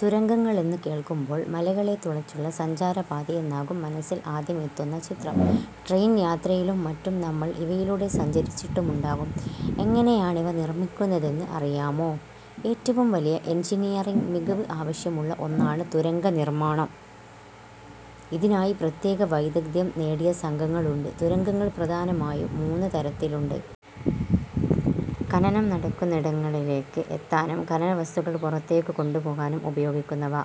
തുരങ്കങ്ങളെന്നു കേൾക്കുമ്പോൾ മലകളെ തുളച്ചുള്ള സഞ്ചാരപാതയെന്നാകും മനസ്സിൽ ആദ്യമെത്തുന്ന ചിത്രം. ട്രെയിൻ യാത്രയിലും മറ്റും നമ്മൾ ഇവയിലൂടെ സഞ്ചരിച്ചിട്ടുമുണ്ടാകും. എങ്ങനെയാണിവ നിർമിക്കുന്നതെന്ന് അറിയാമോ? ഏറ്റവും വലിയ എൻജിനീയറിങ് മികവ് ആവശ്യമുള്ള ഒന്നാണ് തുരങ്കനിർമാണം. ഇതിനായി പ്രത്യേക വൈദഗ്ധ്യം നേടിയ സംഘങ്ങളുണ്ട്. തുരങ്കങ്ങൾ പ്രധാനമായും മൂന്ന് തരത്തിലുണ്ട്. ഖനനം നടക്കുന്നിടങ്ങളിലേക്ക് എത്താനും ഖനന വസ്തുക്കൾ പുറത്തേക്കു കൊണ്ടുപോകാനും ഉപയോഗിക്കുന്നവ.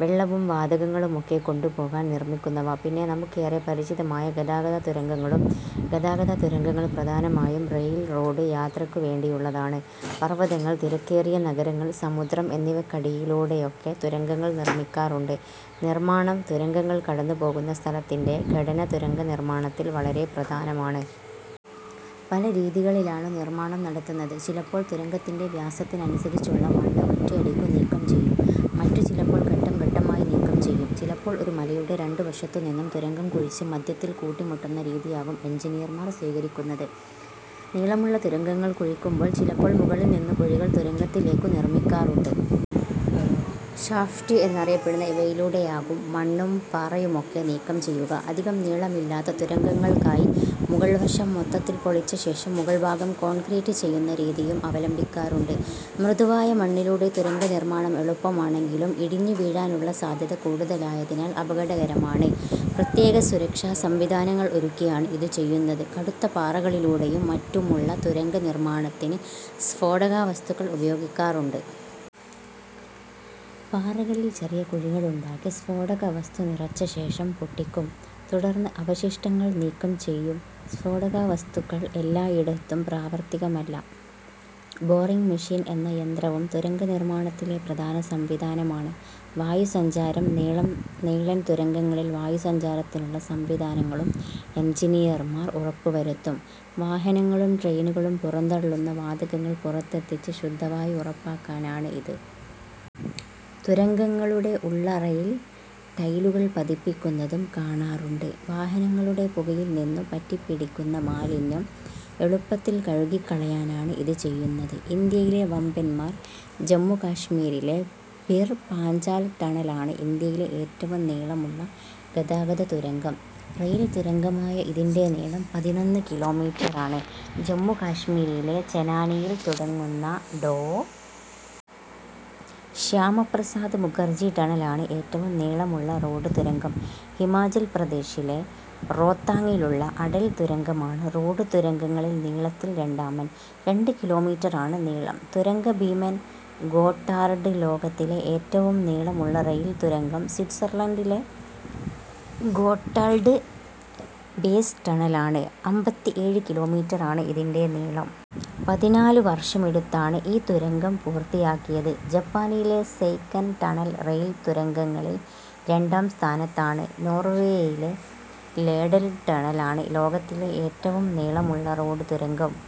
വെള്ളവും വാതകങ്ങളുമൊക്കെ കൊണ്ടുപോകാൻ നിർമിക്കുന്നവ. പിന്നെ നമുക്കേറെ പരിചിതമായ ഗതാഗത തുരങ്കങ്ങളും. ഗതാഗതതുരങ്കങ്ങൾ പ്രധാനമായും റെയിൽ, റോഡ് യാത്രയ്ക്കു വേണ്ടിയുള്ളതാണ്. പർവതങ്ങൾ, തിരക്കേറിയ നഗരങ്ങൾ, സമുദ്രം എന്നിവയ്ക്കടിയിലൂടെയൊക്കെ തുരങ്കങ്ങൾ നിർമിക്കാറുണ്ട്. നിർമാണം തുരങ്കങ്ങൾ കടന്നുപോകുന്ന സ്ഥലത്തിന്റെ ഘടന തുരങ്കനിർമാണത്തിൽ വളരെ പ്രധാനമാണ്. പല രീതികളിലാണു നിർമാണം നടത്തുന്നത്. ചിലപ്പോൾ തുരങ്കത്തിന്റെ വ്യാസത്തിനനുസരിച്ചുള്ള മണ്ണ് ഒറ്റയടിക്കു നീക്കം ചെയ്യും. മറ്റു ചിലപ്പോൾ, ഘട്ടം ഘട്ടമായി നീക്കം ചെയ്യും. ചിലപ്പോൾ ഒരു മലയുടെ രണ്ടുവശത്തു നിന്നും തുരങ്കം കുഴിച്ച് മധ്യത്തിൽ കൂട്ടിമുട്ടുന്ന രീതിയാകും എൻജിനീയർമാർ സ്വീകരിക്കുന്നത്. നീളമുള്ള തുരങ്കങ്ങൾ കുഴിക്കുമ്പോൾ ചിലപ്പോൾ മുകളിൽ നിന്നു കുഴികൾ തുരങ്കത്തിലേക്കു നിർമിക്കാറുണ്ട്. ഷാഫ്റ്റ് എന്നറിയപ്പെടുന്ന ഇവയിലൂടെയാകും മണ്ണും പാറയുമൊക്കെ നീക്കം ചെയ്യുക. അധികം നീളമില്ലാത്ത തുരങ്കങ്ങൾക്കായി മുകൾവശം മൊത്തത്തിൽ പൊളിച്ച ശേഷം മുകൾഭാഗം കോൺക്രീറ്റ് ചെയ്യുന്ന രീതിയും അവലംബിക്കാറുണ്ട്. മൃദുവായ മണ്ണിലൂടെ തുരങ്കനിർമാണം എളുപ്പമാണെങ്കിലും ഇടിഞ്ഞുവീഴാനുള്ള സാധ്യത കൂടുതലായതിനാൽ അപകടകരമാണ്. പ്രത്യേക സുരക്ഷാസംവിധാനങ്ങൾ ഒരുക്കിയാണ് ഇതു ചെയ്യുന്നത്. കടുത്ത പാറകളിലൂടെയും മറ്റുമുള്ള തുരങ്കനിർമാണത്തിന് സ്ഫോടകവസ്തുക്കൾ ഉപയോഗിക്കാറുണ്ട്. പാറകളിൽ ചെറിയ കുഴികളുണ്ടാക്കി സ്ഫോടകവസ്തു നിറച്ചശേഷം പൊട്ടിക്കും. തുടർന്ന് അവശിഷ്ടങ്ങൾ നീക്കം ചെയ്യും. സ്ഫോടകവസ്തുക്കൾ എല്ലായിടത്തും പ്രാവർത്തികമല്ല. ബോറിങ് മെഷീൻ എന്ന യന്ത്രവും തുരങ്കനിർമാണത്തിലെ പ്രധാന സംവിധാനമാണ്. വായുസഞ്ചാരം നീളൻ തുരങ്കങ്ങളിൽ വായുസഞ്ചാരത്തിനുള്ള സംവിധാനങ്ങളും എൻജിനീയർമാർ ഉറപ്പുവരുത്തും. വാഹനങ്ങളും ട്രെയിനുകളും പുറന്തള്ളുന്ന വാതകങ്ങൾ പുറത്തെത്തിച്ച് ശുദ്ധവായു ഉറപ്പാക്കാനാണ് ഇത്. തുരങ്കങ്ങളുടെ ഉള്ളറയിൽ ടൈലുകൾ പതിപ്പിക്കുന്നതും കാണാറുണ്ട്. വാഹനങ്ങളുടെ പുകയിൽ നിന്നു പറ്റിപ്പിടിക്കുന്ന മാലിന്യം എളുപ്പത്തിൽ കഴുകിക്കളയാനാണ് ഇതു ചെയ്യുന്നത്. ഇന്ത്യയിലെ വമ്പൻമാർ ജമ്മു കശ്മീരിലെ പിർ പാഞ്ചാൽ ടണലാണ് ഇന്ത്യയിലെ ഏറ്റവും നീളമുള്ള ഗതാഗത തുരങ്കം. റെയിൽ തുരങ്കമായ ഇതിന്റെ നീളം പതിനൊന്ന് കിലോമീറ്ററാണ്. ജമ്മു കശ്മീരിലെ ചെനാനിയിൽ തുടങ്ങുന്ന ഡോ. ശ്യാമപ്രസാദ് മുഖർജി ടണലാണ് ഏറ്റവും നീളമുള്ള റോഡ് തുരങ്കം ഹിമാചൽ പ്രദേശിലെ റോത്താങ്ങിലുള്ള അടൽ തുരങ്കമാണ് റോഡ് തുരങ്കങ്ങളിൽ നീളത്തിൽ രണ്ടാമൻ. രണ്ട് കിലോമീറ്ററാണ് നീളം. തുരങ്കഭീമൻ ഗോട്ടാർഡ് ലോകത്തിലെ ഏറ്റവും നീളമുള്ള റെയിൽ തുരങ്കം സ്വിറ്റ്സർലൻഡിലെ ഗോട്ടാർഡ് ബേസ് ടണലാണ്. അമ്പത്തിഏഴ് കിലോമീറ്ററാണ് ഇതിന്റെ നീളം. പതിനാലുവർഷമെടുത്താണ് ഈ തുരങ്കം പൂർത്തിയാക്കിയത്. ജപ്പാനിലെ സെയ്കൻ ടണൽ റെയിൽ തുരങ്കങ്ങളിൽ രണ്ടാം സ്ഥാനത്താണ്. നോർവേയിലെ ലേഡൽ ടണലാണ് ലോകത്തിലെ ഏറ്റവും നീളമുള്ള റോഡ് തുരങ്കം.